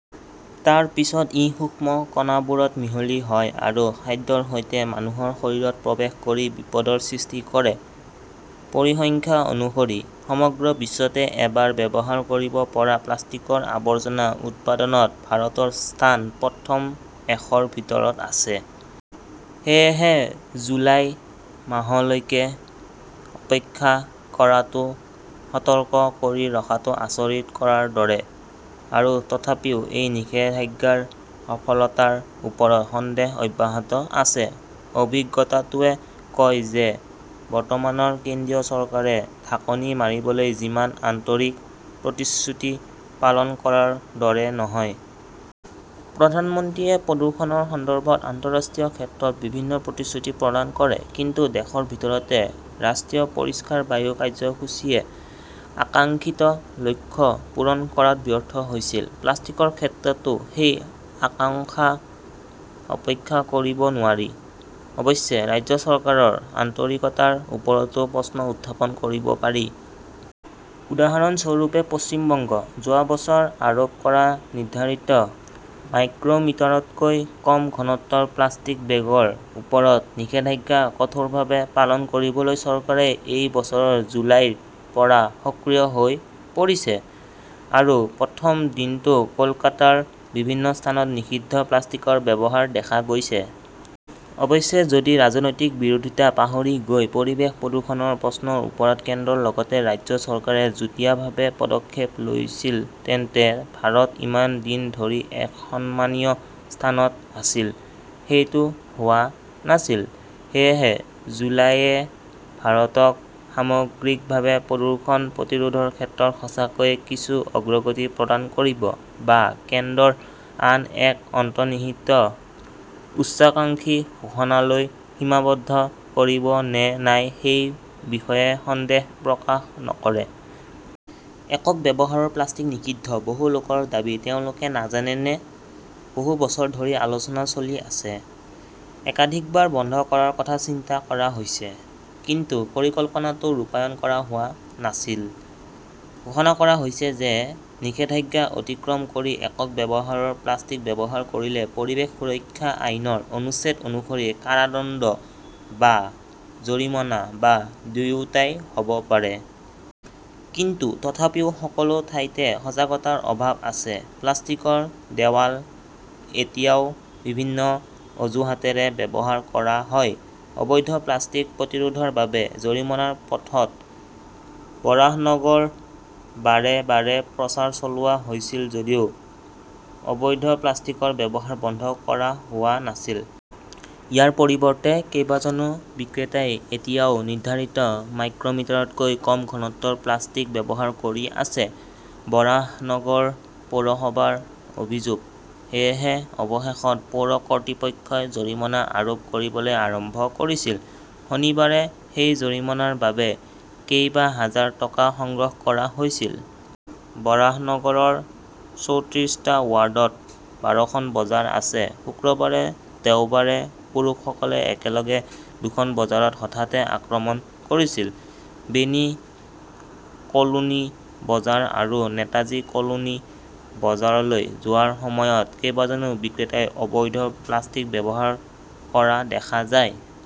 তাৰ পিছত ই সূক্ষ্ম কণাবোৰত মিহলি হয় আৰু খাদ্যৰ সৈতে মানুহৰ শৰীৰত প্ৰৱেশ কৰি বিপদৰ সৃষ্টি কৰে। পৰিসংখ্যা অনুসৰি সমগ্ৰ বিশ্বতে এবাৰ ব্যৱহাৰ কৰিব পৰা প্লাষ্টিকৰ আৱৰ্জনা উৎপাদনত ভাৰতৰ স্থান প্ৰথম এশৰ ভিতৰত আছে। সেয়েহে, জুলাই মাহলৈকে অপেক্ষা কৰাটো, সতৰ্ক কৰি ৰখাটো আচৰিত কৰাৰ দৰে। আৰু তথাপিও এই নিষেধাজ্ঞাৰ সফলতাৰ ওপৰত সন্দেহ অব্যাহত আছে। অভিজ্ঞতাটোৱে কয় যে বৰ্তমানৰ কেন্দ্ৰীয় চৰকাৰে ঢাকনি মাৰিবলৈ যিমান আন্তৰিক, প্ৰতিশ্ৰুতি পালন কৰাৰ দৰে নহয়। প্ৰধানমন্ত্ৰীয়ে প্ৰদূষণৰ সন্দৰ্ভত আন্তঃৰাষ্ট্ৰীয় ক্ষেত্ৰত বিভিন্ন প্ৰতিশ্ৰুতি প্ৰদান কৰে। কিন্তু দেশৰ ভিতৰতে ৰাষ্ট্ৰীয় পৰিষ্কাৰ বায়ু কাৰ্যসূচীয়ে আকাংক্ষিত লক্ষ্য পূৰণ কৰাত ব্যৰ্থ হৈছিল। প্লাষ্টিকৰ ক্ষেত্ৰতো সেই আশংকা উপেক্ষা কৰিব নোৱাৰি। অৱশ্যে, ৰাজ্য চৰকাৰৰ আন্তৰিকতাৰ ওপৰতো প্ৰশ্ন উত্থাপন কৰিব পাৰি। উদাহৰণস্বৰূপে, পশ্চিমবংগ। যোৱা বছৰ আৰোপ কৰা নিৰ্ধাৰিত মাইক্ৰমিটাৰতকৈ কম ঘনত্বৰ প্লাষ্টিক বেগৰ ওপৰত নিষেধাজ্ঞা কঠোৰভাৱে পালন কৰিবলৈ চৰকাৰে এই বছৰৰ জুলাইৰ পৰা সক্ৰিয় হৈ পৰিছে। আৰু প্ৰথম দিনতো কলকাতাৰ বিভিন্ন স্থানত নিষিদ্ধ প্লাষ্টিকৰ ব্যৱহাৰ দেখা গৈছে। অৱশ্যে, যদি ৰাজনৈতিক বিৰোধিতা পাহৰি গৈ পৰিৱেশ প্ৰদূষণৰ প্ৰশ্নৰ ওপৰত কেন্দ্ৰৰ লগতে ৰাজ্য চৰকাৰে যুটীয়াভাৱে পদক্ষেপ লৈছিল তেন্তে ভাৰত ইমান দিন ধৰি এক সন্মানীয় স্থানত আছিল। সেইটো হোৱা নাছিল। সেয়েহে, জুলাইয়ে ভাৰতক সামগ্ৰিকভাৱে প্ৰদূষণ প্ৰতিৰোধৰ ক্ষেত্ৰত সঁচাকৈয়ে কিছু অগ্ৰগতি প্ৰদান কৰিব, বা কেন্দ্ৰৰ আন এক অন্তৰ্নিহিত উচ্চাকাংক্ষী ঘোষণালৈ সীমাবদ্ধ কৰিব নে নাই সেই বিষয়ে সন্দেহ প্ৰকাশ নকৰে। একক ব্যৱহাৰৰ প্লাষ্টিক নিষিদ্ধ, বহু লোকৰ দাবী তেওঁলোকে নাজানেনে? বহু বছৰ ধৰি আলোচনা চলি আছে। একাধিকবাৰ বন্ধ কৰাৰ কথা চিন্তা কৰা হৈছে। কিন্তু পৰিকল্পনাটো ৰূপায়ণ কৰা হোৱা নাছিল। ঘোষণা কৰা হৈছে যে নিষেধাজ্ঞা অতিক্ৰম কৰি একক ব্যৱহাৰৰ প্লাষ্টিক ব্যৱহাৰ কৰিলে পৰিৱেশ সুৰক্ষা আইনৰ অনুচ্ছেদ অনুসৰি কাৰাদণ্ড বা জৰিমনা বা দুয়োটাই হ'ব পাৰে। কিন্তু তথাপিও সকলো ঠাইতে সজাগতাৰ অভাৱ আছে। প্লাষ্টিকৰ দেৱাল এতিয়াও বিভিন্ন অজুহাতৰে ব্যৱহাৰ কৰা হয়। অবৈধ প্লাষ্টিক প্ৰতিৰোধৰ বাবে জৰিমনাৰ পথত বৰাহনগৰ বাৰে বাৰে প্ৰচাৰ চলোৱা হৈছিল যদিও অবৈধ প্লাষ্টিকৰ ব্যৱহাৰ বন্ধ কৰা হোৱা নাছিল। ইয়াৰ পৰিৱৰ্তে, কেইবাজনো বিক্ৰেতাই এতিয়াও নিৰ্ধাৰিত মাইক্ৰমিটাৰতকৈ কম ঘনত্বৰ প্লাষ্টিক ব্যৱহাৰ কৰি আছে, বৰাহনগৰ পৌৰসভাৰ অভিযোগ। সেয়েহে অৱশেষত পৌৰ কৰ্তৃপক্ষই জৰিমনা আৰোপ কৰিবলৈ আৰম্ভ কৰিছিল। শনিবাৰে সেই জৰিমনাৰ বাবে কেইবাহাজাৰ টকা সংগ্ৰহ কৰা হৈছিল। বৰাহনগৰৰ চৌত্ৰিশটা ৱাৰ্ডত বাৰখন বজাৰ আছে। শুক্ৰবাৰে দেওবাৰে পুৰুষসকলে একেলগে দুখন বজাৰত হঠাতে আক্ৰমণ কৰিছিল। বেনী কলোনী বজাৰ আৰু‌ নেতাজী কলোনী বজাৰলৈ যোৱাৰ সময়ত কেইবাজনো বিক্ৰেতাই অবৈধ প্লাষ্টিক ব্যৱহাৰ কৰা‌‌ দেখা যায়।